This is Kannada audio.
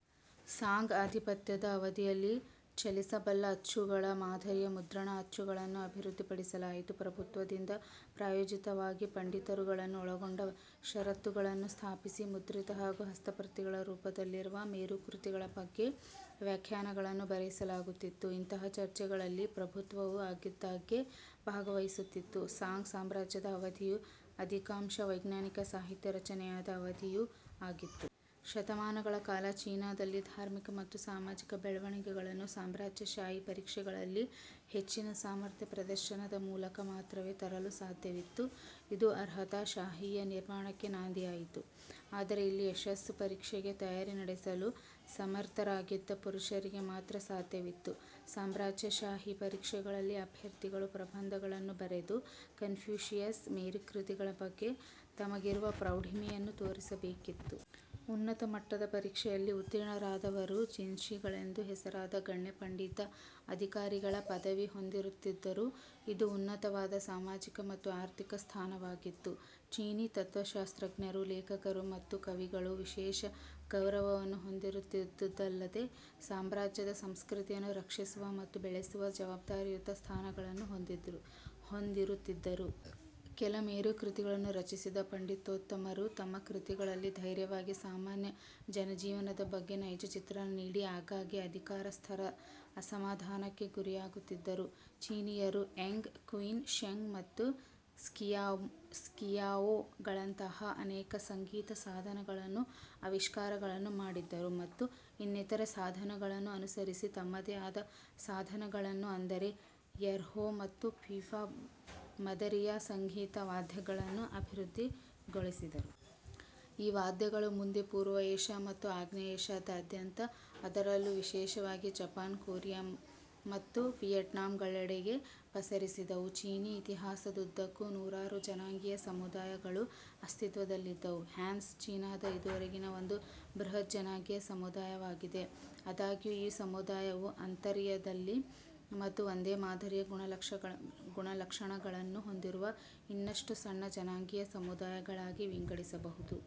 ಸಾಂಗ್ ಅಧಿಪತ್ಯ ದ ಅವಧಿಯಲ್ಲಿ ಚಲಿಸಬಲ್ಲ ಅಚ್ಚುಗಳ ಮಾದರಿಯ ಮುದ್ರಣ ಅಚ್ಚು ಗಳನ್ನು ಅಭಿವೃದ್ಧಿಪಡಿಸಲಾಯಿತು. ಪ್ರಭುತ್ವದಿಂದ ಪ್ರಾಯೋಜಿತವಾಗಿ ಪಂಡಿತರುಗಳನ್ನು ಒಳಗೊಂಡ ಪರಿಷತ್ತುಗಳನ್ನು ಸ್ಥಾಪಿಸಿ, ಮುದ್ರಿತ ಹಾಗೂ ಹಸ್ತಪ್ರತಿಗಳ ರೂಪದಲ್ಲಿರುವ ಮೇರುಕೃತಿಗಳ ಬಗ್ಗೆ ವ್ಯಾಖ್ಯಾನಗಳನ್ನು ಬರೆಸಲಾಗುತ್ತಿತ್ತು. ಇಂತಹಾ ಚರ್ಚೆಗಳಲ್ಲಿ ಪ್ರಭುತ್ವವೂ ಆಗಿಂದ್ದಾಗ್ಗೆ ಭಾಗವಹಿಸುತ್ತಿತ್ತು. ಸಾಂಗ್ ಸಾಮ್ರಾಜ್ಯದ ಅವಧಿಯು ಅಧಿಕಾಂಶ ವೈಜ್ಞಾನಿಕ ಸಾಹಿತ್ಯ ರಚನೆಯಾದ ಅವಧಿಯೂ ಆಗಿತ್ತು. ಶತಮಾನಗಳ ಕಾಲ ಚೀನಾದಲ್ಲಿ ಧಾರ್ಮಿಕ ಮತ್ತು ಸಾಮಾಜಿಕ ಬೆಳವಣಿಗೆಗಳನ್ನು ಸಾಮ್ರಾಜ್ಯಶಾಹಿ ಪರೀಕ್ಷೆಗಳಲ್ಲಿ ಹೆಚ್ಚಿನ ಸಾಮರ್ಥ್ಯ ಪ್ರದರ್ಶನದ ಮೂಲಕ ಮಾತ್ರವೇ ತರಲು ಸಾಧ್ಯವಿತ್ತು. ಇದು ಅರ್ಹತಾಶಾಹಿಯ ನಿರ್ಮಾಣಕ್ಕೆ ನಾಂದಿಯಾಯಿತು. ಆದರೆ ಇಲ್ಲಿ ಯಶಸ್ಸು ಪರೀಕ್ಷೆಗೆ ತಯಾರಿ ನಡೆಸಲು ಸಮರ್ಥರಾಗಿದ್ದ ಪುರುಷರಿಗೆ ಮಾತ್ರ ಸಾಧ್ಯವಿತ್ತು. ಸಾಮ್ರಾಜ್ಯಶಾಹಿ ಪರೀಕ್ಷೆಗಳಲ್ಲಿ ಅಭ್ಯರ್ಥಿಗಳು ಪ್ರಬಂಧಗಳನ್ನು ಬರೆದು ಕನ್ಫ್ಯೂಷಿಯಸ್ ಮೇರುಕೃತಿಗಳ ಬಗ್ಗೆ ತಮಗಿರುವ ಪ್ರೌಢಿಮೆಯನ್ನು ತೋರಿಸಬೇಕಿತ್ತು. ಉನ್ನತ ಮಟ್ಟದ ಪರೀಕ್ಷೆಯಲ್ಲಿ ಉತ್ತೀರ್ಣರಾದವರು ಜಿನ್ಷಿ ಗಳೆಂದು ಹೆಸರಾದ ಗಣ್ಯ ಪಂಡಿತ-ಅಧಿಕಾರಿಗಳ ಪದವಿ ಹೊಂದಿರುತ್ತಿದ್ದರು. ಇದು ಉನ್ನತವಾದ ಸಾಮಾಜಿಕ ಮತ್ತು ಆರ್ಥಿಕ ಸ್ಥಾನವಾಗಿತ್ತು. ಚೀನೀ ತತ್ವಶಾಸ್ತ್ರಜ್ಞರು, ಲೇಖಕರು ಮತ್ತು ಕವಿಗಳು ವಿಶೇಷ ಗೌರವವನ್ನು ಹೊಂದಿರುತ್ತಿದ್ದುದಲ್ಲದೇ, ಸಾಮ್ರಾಜ್ಯದ ಸಂಸ್ಕೃತಿಯನ್ನು ರಕ್ಷಿಸುವ ಮತ್ತು ಬೆಳೆಸುವ ಜವಾಬ್ದಾರಿಯುತ ಸ್ಥಾನಗಳನ್ನು ಹೊಂದಿರುತ್ತಿದ್ದರು. ಕೆಲ ಮೇರುಕೃತಿಗಳನ್ನು ರಚಿಸಿದ ಪಂಡಿತೋತ್ತಮರು, ತಮ್ಮ ಕೃತಿಗಳಲ್ಲಿ ಧೈರ್ಯವಾಗಿ ಸಾಮಾನ್ಯ ಜನಜೀವನದ ಬಗ್ಗೆ ನೈಜ ಚಿತ್ರಣ ನೀಡಿ, ಆಗ್ಗಾಗ್ಗೆ ಅಧಿಕಾರಸ್ಥರ ಅಸಮಾಧಾನಕ್ಕೆ ಗುರಿಯಾಗುತ್ತಿದ್ದರು. ಚೀನೀಯರು ಝೆಂಗ್, ಕ್ವಿನ್, ಷೆಂಗ್, ಮತ್ತು ಕ್ಸಿಯಾವೋ ಗಳಂತಹಾ ಅನೇಕ ಸಂಗೀತ ಸಾಧನ ಗಳನ್ನು ಆವಿಷ್ಕಾರಗಳನ್ನು ಮಾಡಿದ್ದರು, ಮತ್ತು ಇನ್ನಿತರ ಸಾಧನಗಳನ್ನು ಅನುಸರಿಸಿ ತಮ್ಮದೇ ಆದ ಸಾಧನಗಳನ್ನು, ಅಂದರೆ ಎರ್ಹೂ ಮತ್ತು ಪಿಪಾ ಮದರಿಯ ಸಂಗೀತ ವಾದ್ಯಗಳನ್ನು ಅಭಿವೃದ್ಧಿಗೊಳಿಸಿದರು. ಈ ವಾದ್ಯಗಳು ಮುಂದೆ ಪೂರ್ವ ಏಷ್ಯಾ ಮತ್ತು ಆಗ್ನೇಯ ಏಷ್ಯಾದಾದ್ಯಂತ, ಅದರಲ್ಲೂ ವಿಶೇಷವಾಗಿ ಜಪಾನ್, ಕೊರಿಯಾ, ಮತ್ತು ವಿಯೆಟ್ನಾಂಗಳೆಡೆಗೆ ಪಸರಿಸಿದವು. ಚೀನೀ ಇತಿಹಾಸದುದ್ದಕ್ಕೂ ನೂರಾರು ಜನಾಂಗೀಯ ಸಮುದಾಯ ಗಳು ಅಸ್ತಿತ್ವದಲ್ಲಿದ್ದವು. ಹ್ಯಾನ್ ಚೀನಾದ ಇದುವರೆಗಿನ ಒಂದು ಬೃಹತ್ ಜನಾಂಗೀಯ ಸಮುದಾಯವಾಗಿದೆ. ಆದಾಗ್ಯೂ ಈ ಸಮುದಾಯವು ಅಂತರ್ಯದಲ್ಲಿ ಮತ್ತು ಒಂದೇ ಮಾದರಿಯ ಗುಣ-ಲಕ್ಷಣಗಳನ್ನು ಹೊಂದಿರುವ ಇನ್ನಷ್ಟು ಸಣ್ಣ ಜನಾಂಗೀಯ ಸಮುದಾಯಗಳಾಗಿ ವಿಂಗಡಿಸಬಹುದು.